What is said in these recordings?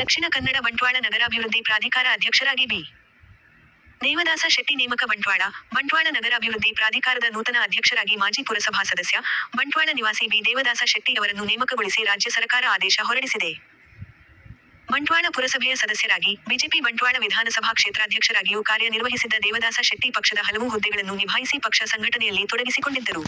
ದಕ್ಷಿಣ ಕನ್ನಡ ಬಂಟ್ವಾಳ ನಗರಾಭಿವೃದ್ದಿ ಪ್ರಾಧಿಕಾರ ಅಧ್ಯಕ್ಷರಾಗಿ ಬಿ. ದೇವದಾಸ ಶೆಟ್ಟಿ ನೇಮಕ ಬಂಟ್ವಾಳ: ಬಂಟ್ವಾಳ ನಗರಾಭಿವೃದ್ದಿ ಪ್ರಾಧಿಕಾರದ ನೂತನ ಅಧ್ಯಕ್ಷರಾಗಿ ಮಾಜಿ ಪುರಸಭಾ ಸದಸ್ಯ, ಬಂಟ್ವಾಳ ನಿವಾಸಿ ಬಿ ದೇವದಾಸ ಶೆಟ್ಟಿ ಅವರನ್ನು ನೇಮಕಗೊಳಿಸಿ ರಾಜ್ಯ ಸರಕಾರ ಆದೇಶ ಹೊರಡಿಸಿದೆ. ಬಂಟ್ವಾಳ ಪುರಸಭೆಯ ಸದಸ್ಯರಾಗಿ, ಬಿಜೆಪಿ ಬಂಟ್ವಾಳ ವಿಧಾನಸಭಾ ಕ್ಷೇತ್ರಾಧ್ಯಕ್ಷರಾಗಿಯೂ ಕಾರ್ಯ ನಿರ್ವಹಿಸಿದ್ದ ದೇವದಾಸ ಶೆಟ್ಟಿ ಪಕ್ಷದ ಹಲವು ಹುದ್ದೆಗಳನ್ನು ನಿಭಾಯಿಸಿ ಪಕ್ಷ ಸಂಘಟನೆಯಲ್ಲಿ ತೊಡಗಿಸಿಕೊಂಡಿದ್ದರು.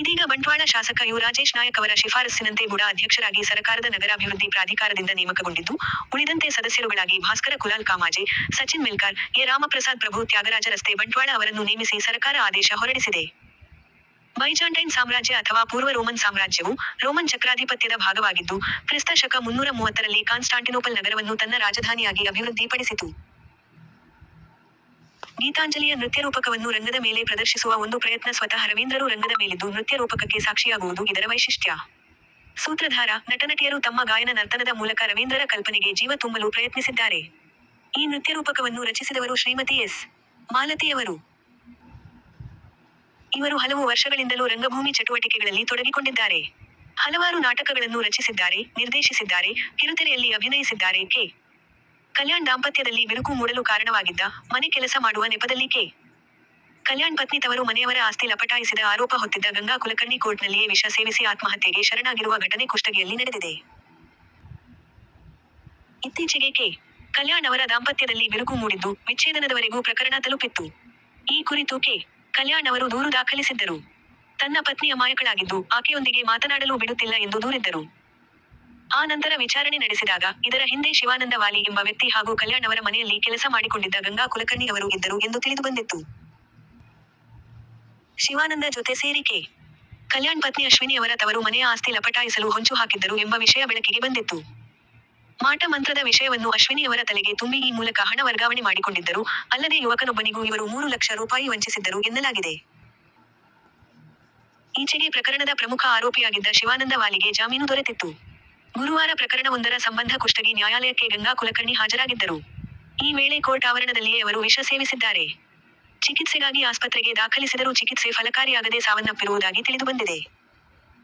ಇದೀಗ ಬಂಟ್ವಾಳ ಶಾಸಕ ಯು ರಾಜೇಶ್ ನಾಯಕ್ ಅವರ ಶಿಫಾರಸ್ಸಿನಂತೆ ಬುಡಾ ಅಧ್ಯಕ್ಷರಾಗಿ ಸರಕಾರದ ನಗರಾಭಿವೃದ್ದಿ ಪ್ರಾಧಿಕಾರದಿಂದ ನೇಮಕಗೊಂಡಿದ್ದು, ಉಳಿದಂತೆ ಸದಸ್ಯರುಗಳಾಗಿ ಭಾಸ್ಕರ ಕುಲಾಲ್ ಕಾಮಾಜೆ, ಸಚಿನ್ ಮೆಲ್ಕಾರ್, ಎ ರಾಮಪ್ರಸಾದ್ ಪ್ರಭು ತ್ಯಾಗರಾಜ ರಸ್ತೆ-ಬಂಟ್ವಾಳ ಅವರನ್ನು ನೇಮಿಸಿ ಸರಕಾರ ಆದೇಶ ಹೊರಡಿಸಿದೆ. ಬೈಜಾಂಟೈನ್ ಸಾಮ್ರಾಜ್ಯ ಅಥವಾ ಪೂರ್ವ ರೋಮನ್ ಸಾಮ್ರಾಜ್ಯವು, ರೋಮನ್ ಚಕ್ರಾಧಿಪತ್ಯದ ಭಾಗವಾಗಿದ್ದು, ಕ್ರಿಸ್ತ ಶಕ ಮುನ್ನೂರ ಮೂವತ್ತರಲ್ಲಿ ಕಾನ್ಸ್ ಟಾಂಟಿನೋಪಲ್ ನಗರವನ್ನು ತನ್ನ ರಾಜಧಾನಿಯಾಗಿ ಅಭಿವೃದ್ಧಿ ಪಡಿಸಿತು. ಗೀತಾಂಜಲಿಯ ನೃತ್ಯರೂಪಕವನ್ನು ರಂಗದ ಮೇಲೆ ಪ್ರದರ್ಶಿಸುವ ಒಂದು ಪ್ರಯತ್ನ ಸ್ವತಃ ರವೀಂದ್ರರು ರಂಗದ ಮೇಲಿದ್ದು ನೃತ್ಯ ರೂಪಕಕ್ಕೆ ಸಾಕ್ಷಿಯಾಗುವುದು ಇದರ ವೈಶಿಷ್ಟ್ಯ. ಸೂತ್ರಧಾರ, ನಟನಟಿಯರು ತಮ್ಮ ಗಾಯನ ನರ್ತನದ ಮೂಲಕ ರವೀಂದ್ರರ ಕಲ್ಪನೆಗೆ ಜೀವ ತುಂಬಲು ಪ್ರಯತ್ನಿಸಿದ್ದಾರೆ. ಈ ನೃತ್ಯರೂಪಕವನ್ನು ರಚಿಸಿದವರು ಶ್ರೀಮತಿ ಎಸ್. ಮಾಲತಿ ಅವರು. ಇವರು ಹಲವು ವರ್ಷಗಳಿಂದಲೂ ರಂಗಭೂಮಿ ಚಟುವಟಿಕೆಗಳಲ್ಲಿ ತೊಡಗಿಕೊಂಡಿದ್ದಾರೆ. ಹಲವಾರು ನಾಟಕಗಳನ್ನು ರಚಿಸಿದ್ದಾರೆ, ನಿರ್ದೇಶಿಸಿದ್ದಾರೆ, ಕಿರುತೆರೆಯಲ್ಲಿ ಅಭಿನಯಿಸಿದ್ದಾರೆ.: ಕೆ. ಕಲ್ಯಾಣ್ ದಾಂಪತ್ಯದಲ್ಲಿ ಬಿರುಕು ಮೂಡಲು ಕಾರಣವಾಗಿದ್ದ, ಮನೆ ಕೆಲಸ ಮಾಡುವ ನೆಪದಲ್ಲಿ ಕೆ. ಕಲ್ಯಾಣ್ ಪತ್ನಿ ತವರು ಮನೆಯವರ ಆಸ್ತಿ ಲಪಟಾಯಿಸಿದ ಆರೋಪ ಹೊತ್ತಿದ್ದ ಗಂಗಾ ಕುಲಕರ್ಣಿ ಕೋರ್ಟ್ ನಲ್ಲಿಯೇ ವಿಷ ಸೇವಿಸಿ ಆತ್ಮಹತ್ಯೆಗೆ ಶರಣಾಗಿರುವ ಘಟನೆ ಕುಷ್ಟಗಿಯಲ್ಲಿ ನಡೆದಿದೆ. ಇತ್ತೀಚೆಗೆ ಕೆ. ಕಲ್ಯಾಣ್ ಅವರ ದಾಂಪತ್ಯದಲ್ಲಿ ಬಿರುಕು ಮೂಡಿದ್ದು, ವಿಚ್ಛೇದನದವರೆಗೂ ಪ್ರಕರಣ ತಲುಪಿತ್ತು. ಈ ಕುರಿತು ಕೆ. ಕಲ್ಯಾಣ್ ಅವರು ದೂರು ದಾಖಲಿಸಿದ್ದರು. ತನ್ನ ಪತ್ನಿ ಅಮಾಯಕಳಾಗಿದ್ದು, ಆಕೆಯೊಂದಿಗೆ ಮಾತನಾಡಲೂ ಬಿಡುತ್ತಿಲ್ಲ ಎಂದು ದೂರಿದ್ದರು. ಆ ನಂತರ ವಿಚಾರಣೆ ನಡೆಸಿದಾಗ, ಇದರ ಹಿಂದೆ ಶಿವಾನಂದ ವಾಲಿ ಎಂಬ ವ್ಯಕ್ತಿ ಹಾಗೂ ಕಲ್ಯಾಣ್ ಅವರ ಮನೆಯಲ್ಲಿ ಕೆಲಸ ಮಾಡಿಕೊಂಡಿದ್ದ ಗಂಗಾ ಕುಲಕರ್ಣಿ ಅವರು ಇದ್ದರು ಎಂದು ತಿಳಿದುಬಂದಿತ್ತು. ಶಿವಾನಂದ ಜೊತೆ ಸೇರಿ ಕೆ. ಕಲ್ಯಾಣ್ ಪತ್ನಿ ಅಶ್ವಿನಿ ಅವರ ತವರು ಮನೆಯ ಆಸ್ತಿ ಲಪಟಾಯಿಸಲು ಹೊಂಚು ಹಾಕಿದ್ದರು ಎಂಬ ವಿಷಯ ಬೆಳಕಿಗೆ ಬಂದಿತ್ತು. ಮಾಟ ಮಂತ್ರದ ವಿಷಯವನ್ನು ಅಶ್ವಿನಿ ಅವರ ತಲೆಗೆ ತುಂಬಿ ಈ ಮೂಲಕ ಹಣ ವರ್ಗಾವಣೆ ಮಾಡಿಕೊಂಡಿದ್ದರು, ಅಲ್ಲದೇ ಯುವಕನೊಬ್ಬನಿಗೂ ಇವರು ಮೂರು ಲಕ್ಷ ರೂಪಾಯಿ ವಂಚಿಸಿದ್ದರು ಎನ್ನಲಾಗಿದೆ. ಈಚೆಗೆ ಪ್ರಕರಣದ ಪ್ರಮುಖ ಆರೋಪಿಯಾಗಿದ್ದ ಶಿವಾನಂದ ವಾಲಿಗೆ ಜಾಮೀನು ದೊರೆತಿತ್ತು. ಗುರುವಾರ ಪ್ರಕರಣವೊಂದರ ಸಂಬಂಧ ಕುಷ್ಟಗಿ ನ್ಯಾಯಾಲಯಕ್ಕೆ ಗಂಗಾ ಕುಲಕರ್ಣಿ ಹಾಜರಾಗಿದ್ದರು. ಈ ವೇಳೆ ಕೋರ್ಟ್ ಆವರಣದಲ್ಲಿಯೇ ಅವರು ವಿಷ ಸೇವಿಸಿದ್ದಾರೆ. ಚಿಕಿತ್ಸೆಗಾಗಿ ಆಸ್ಪತ್ರೆಗೆ ದಾಖಲಿಸಿದರೂ ಚಿಕಿತ್ಸೆ ಫಲಕಾರಿಯಾಗದೇ ಸಾವನ್ನಪ್ಪಿರುವುದಾಗಿ ತಿಳಿದುಬಂದಿದೆ.